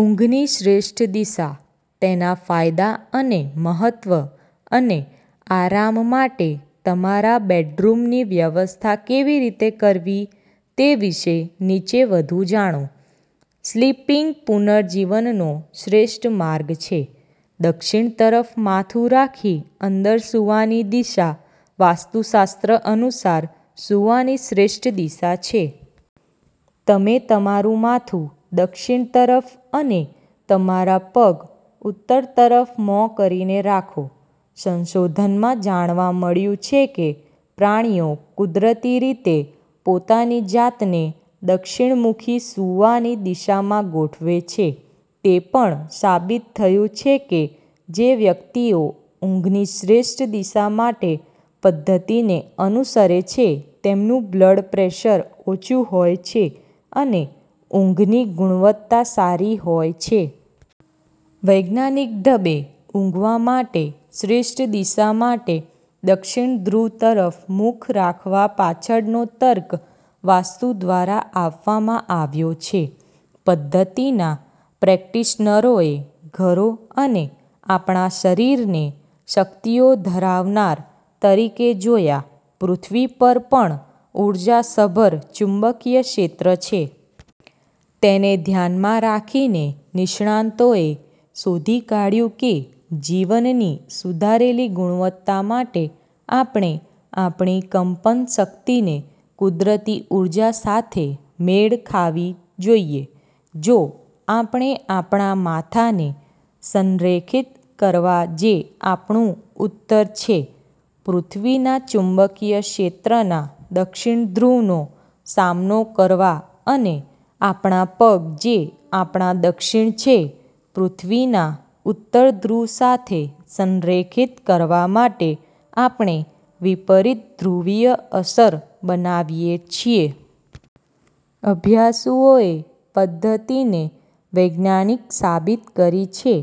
ઊંઘની શ્રેષ્ઠ દિશા, તેના ફાયદા અને મહત્વ અને આરામ માટે તમારા બેડરૂમની વ્યવસ્થા કેવી રીતે કરવી તે વિશે નીચે વધુ જાણો. સ્લીપિંગ પુનર્જીવનનો શ્રેષ્ઠ માર્ગ છે. દક્ષિણ તરફ માથું રાખી અંદર સૂવાની દિશા વાસ્તુશાસ્ત્ર અનુસાર સૂવાની શ્રેષ્ઠ દિશા છે. તમે તમારું માથું દક્ષિણ તરફ અને તમારા પગ ઉત્તર તરફ મોં કરીને રાખો. સંશોધનમાં જાણવા મળ્યું છે કે પ્રાણીઓ કુદરતી રીતે પોતાની જાતને દક્ષિણ-મુખી સૂવાની દિશામાં ગોઠવે છે. તે પણ સાબિત થયું છે કે જે વ્યક્તિઓ ઊંઘની શ્રેષ્ઠ દિશા માટેપદ્ધતિને અનુસરે છે તેમનું બ્લડ પ્રેશર ઓછું હોય છે અને ઊંઘની ગુણવત્તા સારી હોય છે. વૈજ્ઞાનિક ઢબે ઊંઘવા માટે શ્રેષ્ઠ દિશા માટે દક્ષિણ ધ્રુવ તરફ મુખ રાખવા પાછળનો તર્ક વાસ્તુ દ્વારા આપવામાં આવ્યો છે. પદ્ધતિના પ્રેક્ટિશનરોએ ઘરો અને આપણા શરીરને શક્તિઓ ધરાવનાર તરીકે જોયા. પૃથ્વી પર પણ ઊર્જાસભર ચુંબકીય ક્ષેત્ર છે. તેને ધ્યાનમાં રાખીને, નિષ્ણાતોએ શોધી કાઢ્યું કેજીવનની સુધારેલી ગુણવત્તા માટે, આપણે આપણી કંપન શક્તિને કુદરતી ઊર્જા સાથે મેળ ખાવી જોઈએ. જો આપણે આપણા માથાને સંરેખિત કરવા જે આપણું ઉત્તર છે, પૃથ્વીના ચુંબકીય ક્ષેત્રના દક્ષિણ ધ્રુવનો સામનો કરવા અને આપણા પગ જે આપણા દક્ષિણ છે, પૃથ્વીના ઉત્તર ધ્રુવ સાથે સંરેખિત કરવા માટે, આપણે વિપરીત ધ્રુવીય અસર બનાવીએ છીએ. અભ્યાસુઓએ પદ્ધતિને વૈજ્ઞાનિક સાબિત કરી છે.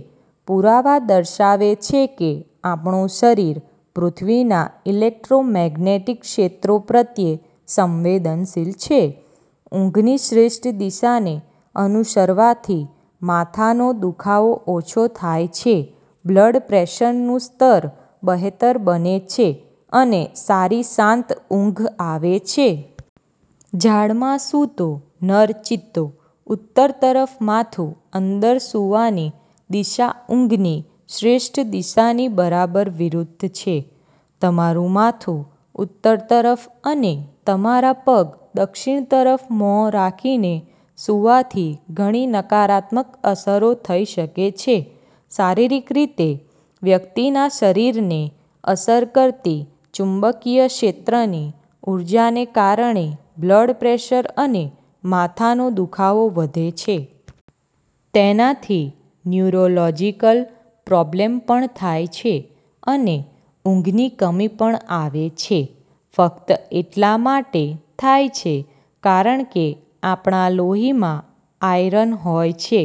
પુરાવા દર્શાવે છે કે આપણું શરીર પૃથ્વીના ઇલેક્ટ્રોમેગ્નેટિક ક્ષેત્રો પ્રત્યે સંવેદનશીલ છે. ઊંઘની શ્રેષ્ઠ દિશાને અનુસરવાથી માથાનો દુખાવો ઓછો થાય છે, બ્લડ પ્રેશરનું સ્તર બહેતર બને છે અને સારી શાંત ઊંઘ આવે છે. ઝાડમાં સૂતો નર ચિત્તો ઉત્તર તરફ માથુંઅંદર સૂવાની દિશાઊંઘની શ્રેષ્ઠ દિશાની બરાબર વિરુદ્ધ છે. તમારું માથું ઉત્તર તરફ અને તમારા પગ દક્ષિણ તરફ મોં રાખીને સૂવાથી ઘણી નકારાત્મક અસરો થઈ શકે છે. શારીરિક રીતે, વ્યક્તિના શરીરને અસર કરતી ચુંબકીય ક્ષેત્રની ઊર્જાને કારણે બ્લડ પ્રેશર અને માથાનો દુખાવો વધે છે. તેનાથી ન્યુરોલોજિકલ પ્રોબ્લેમ પણ થાય છે અને ઊંઘની કમી પણ આવે છે. ફક્ત એટલા માટે થાય છે કારણ કે આપણા લોહીમાં આયર્ન હોય છે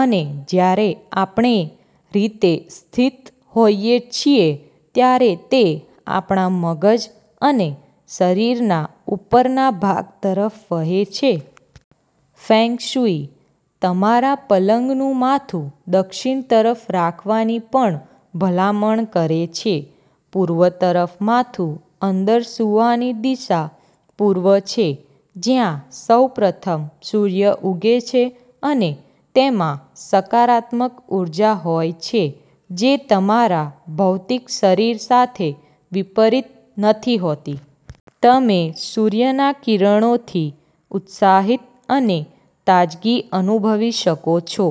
અને જ્યારે આપણેરીતે સ્થિત હોઈએ છીએ ત્યારે તે આપણા મગજ અને શરીરના ઉપરના ભાગ તરફ વહે છે. ફેંગશુઈ તમારા પલંગનું માથું દક્ષિણ તરફ રાખવાની પણ ભલામણ કરે છે. પૂર્વ તરફ માથુંઅંદર સૂવાની દિશા પૂર્વછે જ્યાં સૌપ્રથમ સૂર્ય ઉગે છે અને તેમાં સકારાત્મક ઉર્જા હોય છે જે તમારા ભૌતિક શરીર સાથે વિપરીત નથી હોતી. તમે સૂર્યના કિરણોથી ઉત્સાહિત અને તાજગી અનુભવી શકો છો.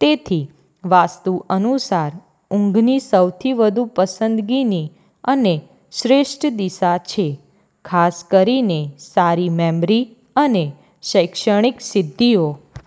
તેથી, વાસ્તુ અનુસાર ઊંઘની સૌથી વધુ પસંદગીની અને શ્રેષ્ઠ દિશા છે. ખાસ કરીને સારી મેમરી અને શૈક્ષણિક સિદ્ધિઓ